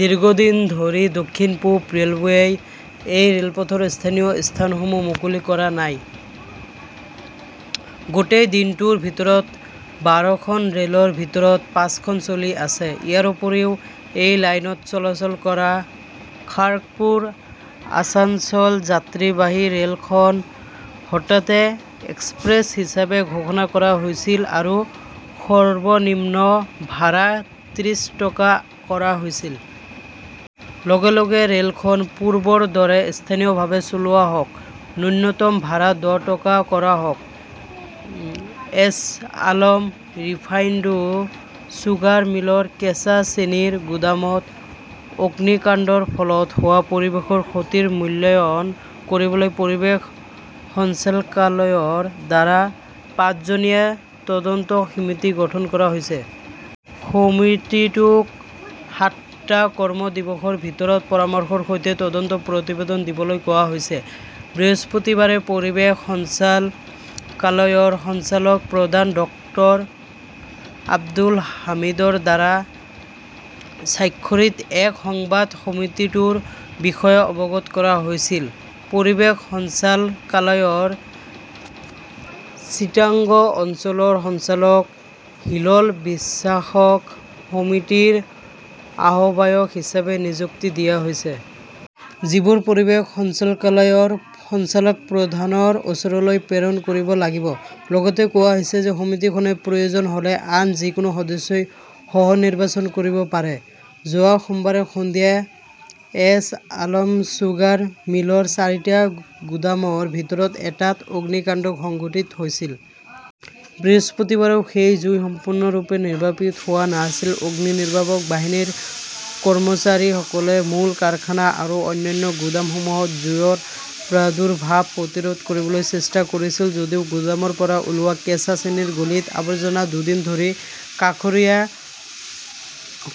দীৰ্ঘদিন ধৰি দক্ষিণ-পূৱ ৰে'লৱেই এই ৰে'লপথৰ স্থানীয় স্থানসমূহ মুকলি কৰা নাই। গোটেই দিনটোৰ ভিতৰত বাৰখন ৰে'লৰ ভিতৰত পাঁচখন চলি আছে। ইয়াৰ উপৰিও, এই লাইনত চলাচল কৰা খাৰ্গপুৰ-আছানছোল যাত্ৰীবাহী ৰে'লখন হঠাতে এক্সপ্ৰেছ হিচাপে ঘোষণা কৰা হৈছিল আৰু সৰ্বনিম্ন ভাড়া ত্ৰিশ টকা কৰা হৈছিল। লগে লগে ৰে'লখন পূৰ্বৰ দৰে স্থানীয়ভাৱে চলোৱা হওক। নূন্যতম ভাড়া দহ টকা কৰা হওক। এছ আলম ৰিফাইণ্ড চুগাৰ মিলৰ কেঁচা চেনিৰ গুদামত অগ্নিকাণ্ডৰ ফলত হোৱা পৰিৱেশৰ ক্ষতিৰ মূল্যায়ন কৰিবলৈ পৰিৱেশ সঞ্চালকালয়ৰ দ্বাৰা পাঁচজনীয়া তদন্ত সমিতি গঠন কৰা হৈছে। সমিতিটোক সাতটা কৰ্ম দিৱসৰ ভিতৰত পৰামৰ্শৰ সৈতে তদন্ত প্ৰতিবেদন দিবলৈ কোৱা হৈছে। বৃহস্পতিবাৰে পৰিৱেশ সঞ্চালকালয়ৰ সঞ্চালক প্ৰধান ডক্টৰ আব্দুল হামিদৰ দ্বাৰা স্বাক্ষৰিত এক সংবাদত সমিতিটোৰ বিষয়ে অৱগত কৰা হৈছিল। পৰিৱেশ সঞ্চালকালয়ৰ চিটাঙগ অঞ্চলৰ সঞ্চালক হিলোল বিশ্বাসক সমিতিৰ আহ্বায়ক হিচাপে নিযুক্তি দিয়া হৈছে। যিবোৰ পৰিৱেশ সঞ্চালকালয়ৰ সঞ্চালক প্ৰধানৰ ওচৰলৈ প্ৰেৰণ কৰিব লাগিব। লগতে কোৱা হৈছে যে সমিতিখনে প্ৰয়োজন হ'লে আন যিকোনো সদস্যই সহ-নিৰ্বাচন কৰিব পাৰে। যোৱা সোমবাৰে সন্ধিয়া এছ আলম চুগাৰ মিলৰ চাৰিটা গুদামৰ ভিতৰত, এটাত অগ্নিকাণ্ড সংঘটিত হৈছিল। বৃহস্পতিবাৰেও সেই জুই সম্পূৰ্ণৰূপে নিৰ্বাপিত হোৱা নাছিল। অগ্নিনিৰ্বাপক বাহিনীৰ কৰ্মচাৰীসকলে মূল কাৰখানা আৰু অন্যান্য গুদামসমূহত জুইৰ প্ৰাদুৰ্ভাৱ প্ৰতিৰোধ কৰিবলৈ চেষ্টা কৰিছিল যদিও গুদামৰ পৰা ওলোৱা কেঁচা চেনিৰ গলিত আৱৰ্জনা দুদিন ধৰি কাষৰীয়া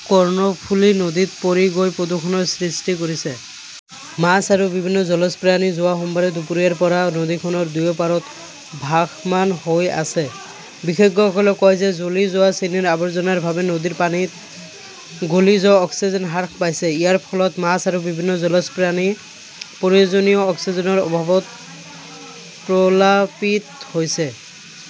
কৰ্ণফুলি নদীত পৰি গৈ প্ৰদূষণৰ সৃষ্টি কৰিছে। মাছ আৰু বিভিন্ন জলজ প্ৰাণী যোৱা সোমবাৰে দুপৰীয়াৰ পৰা নদীখনৰ দুয়ো পাৰত ভাসমান হৈ আছে। বিশেজ্ঞসকলে কয় যে জ্বলি যোৱা চেনিৰ আৱৰ্জনাৰ বাবে নদীৰ পানীত গলি যোৱা অক্সিজেন হ্ৰাস পাইছে। ইয়াৰ ফলত মাছ আৰু বিভিন্ন জলজ প্ৰাণী প্ৰয়োজনীয় অক্সিজেনৰ অভাৱত পলাবিত হৈছে।